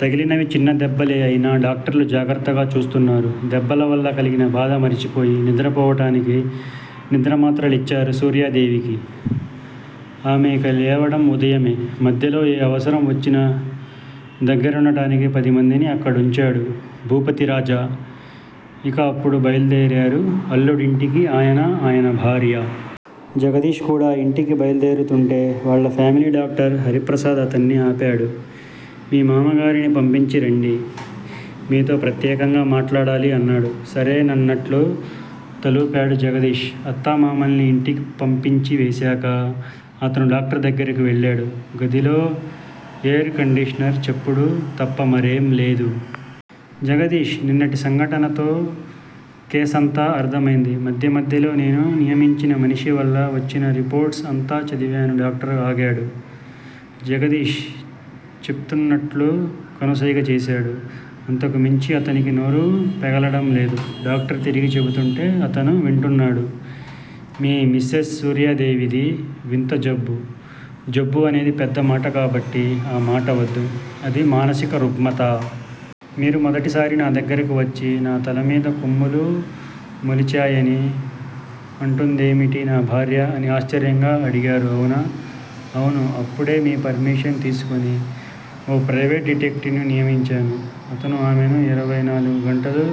తగిలినవి చిన్న దెబ్బలే అయినా డాక్టర్లు జాగ్రత్తగా చూస్తున్నారు. దెబ్బలవల్ల కలిగిన బాధ మరిచిపోయి నిద్ర పోవడానికి నిద్ర మాత్ర లిచ్చారు సూర్యాదేవికి. ఆమె ఇక లేవడం ఉదయమే. మధ్యలో ఏ అవసరం వచ్చినా దగ్గరుండడానికి పదిమందిని అక్కడుంచాడు భూపతిరాజా ఇక అప్పుడు బయల్దేరారు అల్లుడింటికి ఆయనా, ఆయన భార్యా. జగదీష్ కూడా ఇంటికి బయల్దేరుతూంటే వాళ్ళ ఫ్యామిలీ డాక్టర్ హరిప్రసాద్ అతన్ని ఆపాడు. మీ మామగారిని పంపించి రండి. మీతో ప్రత్యేకంగా మాట్లాడాలి అన్నాడు. సరే నన్నట్లు తలూపాడు జగదీష్. అత్తామామల్ని ఇంటికి పంపించివేశాక అతను డాక్టర్ దగ్గరికి వెళ్ళాడు. గదిలో ఏర్ కండీషనర్ చప్పుడు తప్ప మరేం లేదు. జగదీష్! నిన్నటి సంఘటనతో కేసంతా అర్ధమైంది. మధ్య మధ్యలో నేను నియమించిన మనిషి వల్ల వచ్చిన రిపోర్ట్స్ అంతా చదివాను డాక్టర్ ఆగాడు. జగదీష్ చెప్పండన్నట్లు కనుసైగ చేశాడు. అంతకుమించి అతనికి నోరు పెగలడం లేదు. డాక్టర్ తిరిగి చెబుతుంటే అతను వింటున్నాడు. మీ మిసెస్ సూర్యాదేవిది వింత జబ్బు జబ్బు అనేది పెద్ద మాట కాబట్టి ఆ మాట వద్దు- అది మానసిక రుగ్మత. మీరు మొదటిసారి నా దగ్గరికి వచ్చి 'నా తలమీద కొమ్ములు మొలిచాయని అంటుందేమిటి నా భార్య' అని ఆశ్చర్యంగా అడిగారు అవునా? అవును అప్పుడే మీ పర్మిషన్ తీసుకుని ఓ ప్రైవేటు డిటెక్టివ్ ని నియమించాను. అతను ఆమెను ఇరవై నాలుగు గంటలూ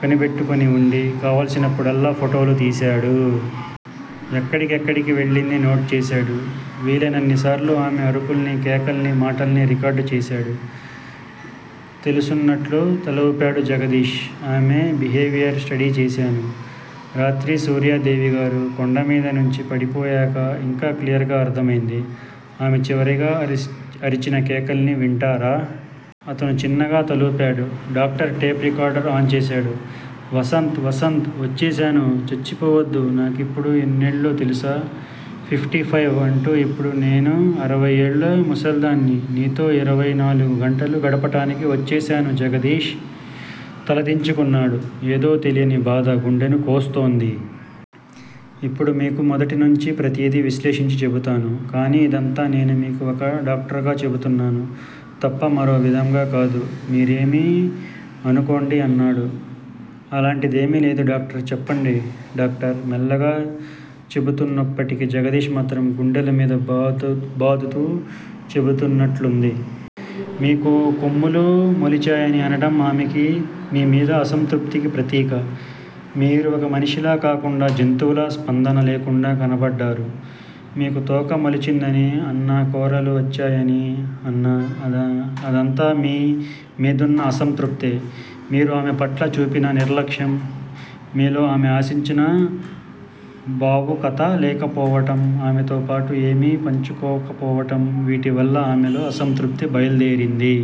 కనిపెట్టుకుని వుండి కావాల్సినప్పుడల్లా ఫోటోలు తీశాడు. ఎక్కడెక్కడికి వెళ్ళిందీ నోట్ చేశాడు. వీలైనన్నిసార్లు ఆమె అరుపుల్ని కేకల్ని, మాటల్ని రికార్డు చేశాడు తెలుసన్నట్లు తల ఊపాడు జగదీష్. ఆమె బిహేవియర్ స్టడీ చేశాను. రాత్రి సూర్యాదేవిగారు కొండ మీద నుంచి పడిపోయాక ఇంకా క్లియర్ గా అర్ధమైంది. ఆమె చివరగా అరిచిన కేకల్ని వింటారా? అతను చిన్నగా తలూపాడు. డాక్టర్ టేప్ రికార్డర్ ఆన్ చేశారు. వసంత్ వసంత్ వచ్చేశాను చచ్చిపోవద్దు నాకిప్పుడు ఎన్నేళ్ళో తెలుసా? ఫిఫ్టీ ఫైవ్ అంటే ఇప్పుడు నేను అరయ్యేళ్ళ ముసల్దాన్ని నీతో ఇరవై నాలుగు గంటలు గడపడానికి వచ్చేశాను జగదీష్ తలదించుకున్నాడు. ఏదో తెలియని బాధ గుండెను కోస్తోంది. ఇప్పుడు మీకు మొదటి నుంచీ ప్రతిదీ విశ్లేషించి చెబుతాను. కానీ ఇదంతా నేను మీకు ఒక డాక్టర్ గా చెబుతున్నాను తప్ప మరో విధంగా కాదు. మీరేమీ అనుకోండి అన్నాడు. అలాంటిదేమీ లేదు డాక్టర్ చెప్పండి డాక్టర్ మెల్లగా చెబుతున్నప్పటికి జగదీష్ మాత్రం గుండెల మీద బాదుతూ చెబుతున్నట్లుంది. మీకు కొమ్ములు మోలిచాయని అనడం ఆమెకి మీ మీద అసంతృప్తికి ప్రతీక. మీరు ఒక మనిషిలా కాకుండా జంతువులా, స్పందన లేకుండా కనపడ్డారు. మీకు తోక మొలిచిందని అన్నా కోరలు వచ్చాయని అన్నా- అదంతా మీ మీదున్న అసంతృప్తే. మీరు ఆమె పట్ల చూపిన నిర్లక్ష్యం, మీలో ఆమె ఆశించిన భావుకత లేకపోవడం- ఆమెతోపాటు ఏమీ పంచుకోకపోవడం- వీటివల్ల ఆమెలో అసంతృప్తి బయల్దేరింది.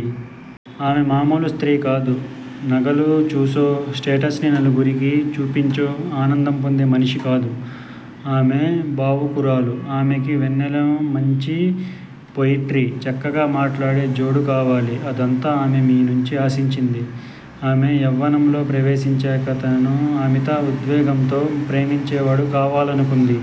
ఆమె మామూలు స్త్రీ కాదు నగలు చూసో, స్టేటస్ ని నలుగురికి చూపించో ఆనందం పొందే మనిషికాదు. ఆమె భావుకురాలు ఆమెకి వెన్నెల మంచి పొయిట్రీ, చక్కగా మాట్లాడే జోడూ కావాలి. అదంతా ఆమె మీ నుంచి ఆశించింది. ఆమె యవ్వనంలో ప్రవేశించాక తనను అమిత ఉద్వేగంతో ప్రేమించేవాడు కావాలనుకుంది.